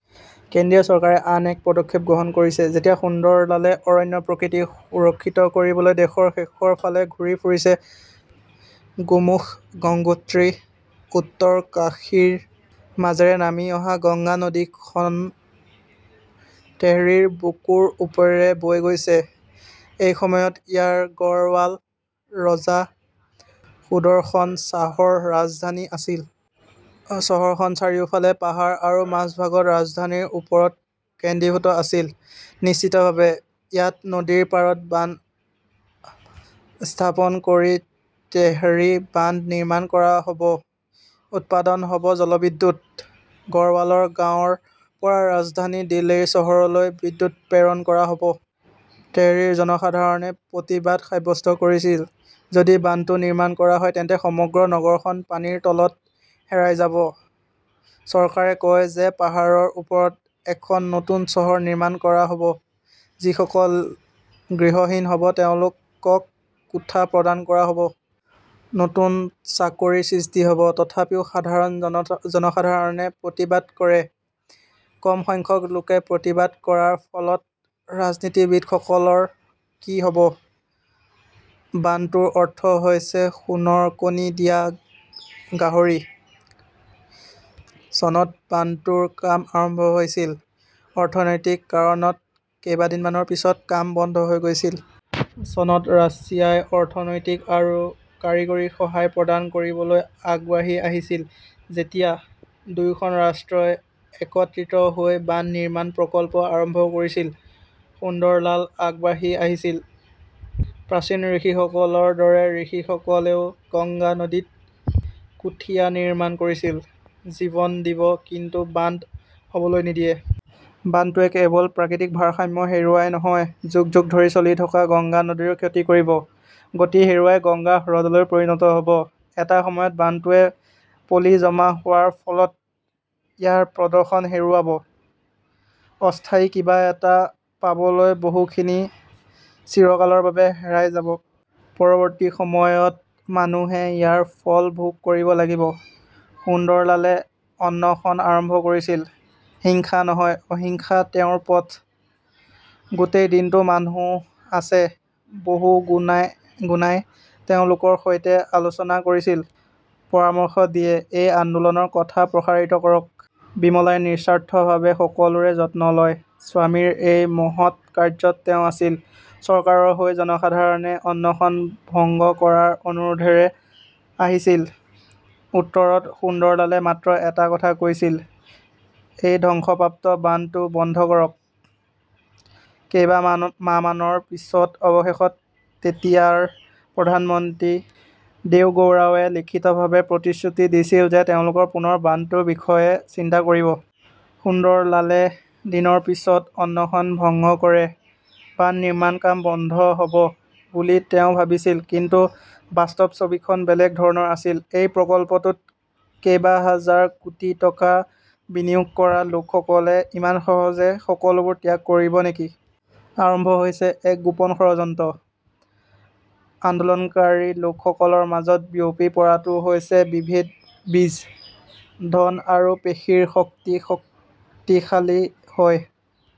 কেন্দ্ৰীয় চৰকাৰে আন এক পদক্ষেপ গ্ৰহণ কৰিছে যেতিয়া সুন্দৰলালে অৰণ্য-প্ৰকৃতি সুৰক্ষিত কৰিবলৈ দেশৰ শেষৰ ফালে ঘূৰি ফুৰিছে। গোমুখ, গংগোত্ৰী, উত্তৰকাশীৰ মাজেৰে নামি অহা গংগা নদীখন তেহৰিৰ বুকুৰ ওপৰেৰে বৈ গৈছে। এসময়ত ইয়াত গড়ৱাল ৰজা সুদৰ্শন শ্বাহৰ ৰাজধানী আছিল। চহৰখন চাৰিওফালে পাহাৰ আৰু মাজভাগত ৰাজধানীৰ ওপৰত কেন্দ্ৰীভূত আছিল। নিশ্চিতভাৱে, ইয়াত নদীৰ পাৰত বান্ধ স্থাপন কৰি তেহৰী বান্ধ নিৰ্মাণ কৰা হ'ব। উৎপাদন হ'ব জলবিদ্যুৎ। গড়বলৰ গাঁৱৰ পৰা ৰাজধানী দিল্লীৰ চহৰলৈ বিদ্যুৎ প্ৰেৰণ কৰা হ'ব। তেহৰীৰ জনসাধাৰণে প্ৰতিবাদ সাব্যস্ত কৰিছিল। যদি বান্ধটো নিৰ্মাণ কৰা হয়, তেন্তে সমগ্ৰ নগৰখন পানীৰ তলত হেৰাই যাব। চৰকাৰে কয় যে পাহাৰৰ ওপৰত এখন নতুন চহৰ নিৰ্মাণ কৰা হ'ব। যিসকল গৃহহীন হ'ব তেওঁলোকক কোঠা প্ৰদান কৰা হ'ব। নতুন চাকৰি সৃষ্টি হ'ব। তথাপিও সাধাৰণ জনসাধাৰণে প্ৰতিবাদ কৰে। কম সংখ্যক লোকে প্ৰতিবাদ কৰাৰ ফলত ৰাজনীতিবিদসকলৰ কি হ'ব? বান্ধটোৰ অৰ্থ হৈছে সোণৰ কণী দিয়া গাহৰি। চনত বান্ধটোৰ কাম আৰম্ভ হৈছিল। অৰ্থনৈতিক কাৰণত কেইদিনমানৰ পিছত কাম বন্ধ হৈ গৈছিল। চনত ৰাছিয়াই অৰ্থনৈতিক আৰু কাৰিকৰী সহায় প্ৰদান কৰিবলৈ আগবাঢ়ি আহিছিল। যেতিয়া দুয়োখন ৰাষ্ট্ৰই একত্ৰিত হৈ বান্ধ নিৰ্মাণৰ প্ৰকল্প আৰম্ভ কৰিছিল, সুন্দৰলাল আগবাঢ়ি আহিছিল। প্ৰাচীন ঋষিসকলৰ দৰে ঋষিসকলেও গংগা নদীত কুথীয়া নিৰ্মাণ কৰিছিল। জীৱন দিব, কিন্তু বান্ধ হ'বলৈ নিদিব। বান্ধটোৱে কেৱল প্ৰাকৃতিক ভাৰসাম্য হেৰুৱাই নহয়, যুগ - যুগ ধৰি চলি থকা গংগা নদীৰো ক্ষতি কৰিব। গতি হেৰুৱাই গঙ্গা হ্ৰদলৈ পৰিণত হ'ব। এটা সময়ত বান্ধটোৱে পলি জমা হোৱাৰ ফলত ইয়াৰ প্ৰদৰ্শন হেৰুৱাব। অস্থায়ী কিবা এটা পাবলৈ বহুখিনি চিৰকালৰ বাবে হেৰাই যাব। পৰৱৰ্তী সময়ত মানুহে ইয়াৰ ফল ভোগ কৰিব লাগিব। সুন্দৰলালে অনশন আৰম্ভ কৰিছিল। হিংসা নহয়। অহিংসা তেওঁৰ পথ। গোটেই দিনটো মানুহ আহে। বহুগুনাই তেওঁলোকৰ সৈতে আলোচনা কৰিছিল। পৰামৰ্শ দিয়ে, এই আন্দোলনৰ কথা প্ৰসাৰিত কৰক। বিমলাই নিস্বাৰ্থভাৱে সকলোৰে যত্ন লয়। স্বামীৰ এই মহৎ কাৰ্য্যত তেওঁও আছিল। চৰকাৰৰ হৈ জনসাধাৰণে অনশন ভংগ কৰাৰ অনুৰোধৰে আহিছিল। উত্তৰত সুন্দৰলালে মাত্ৰ এটা কথা কৈছিল, এই ধ্বংসপ্ৰাপ্ত বান্ধটো বন্ধ কৰক। ""কেইমাহমানৰ পিছত অৱশেষত তেতিয়াৰ প্ৰধানমন্ত্ৰী দেৱগৌড়াৱে লিখিতভাৱে প্ৰতিশ্ৰুতি দিছিল যে তেওঁলোকে পুনৰ বান্ধটোৰ বিষয়ে চিন্তা কৰিব। সুন্দৰলালে দিনৰ পিছত অনশন ভংগ কৰে। বান্ধ নিৰ্মাণৰ কাম বন্ধ হ ""ব বুলি তেওঁ ভাবিছিল, কিন্তু বাস্তৱ ছবিখন বেলেগ ধৰণৰ আছিল। এই প্ৰকল্পটোত কেইবাহাজাৰ কোটি টকা বিনিয়োগ কৰা লোকসকলে ইমান সহজে সকলোবোৰ ত্যাগ কৰিব নেকি? আৰম্ভ হৈছে এক গোপন ষড়যন্ত্ৰ। আন্দোলনকাৰী লোকসকলৰ মাজত বিয়পি পৰাটো হৈছে বিভেদৰ বীজ। ধন আৰু পেশীৰ শক্তি শক্তিশালী হৈ"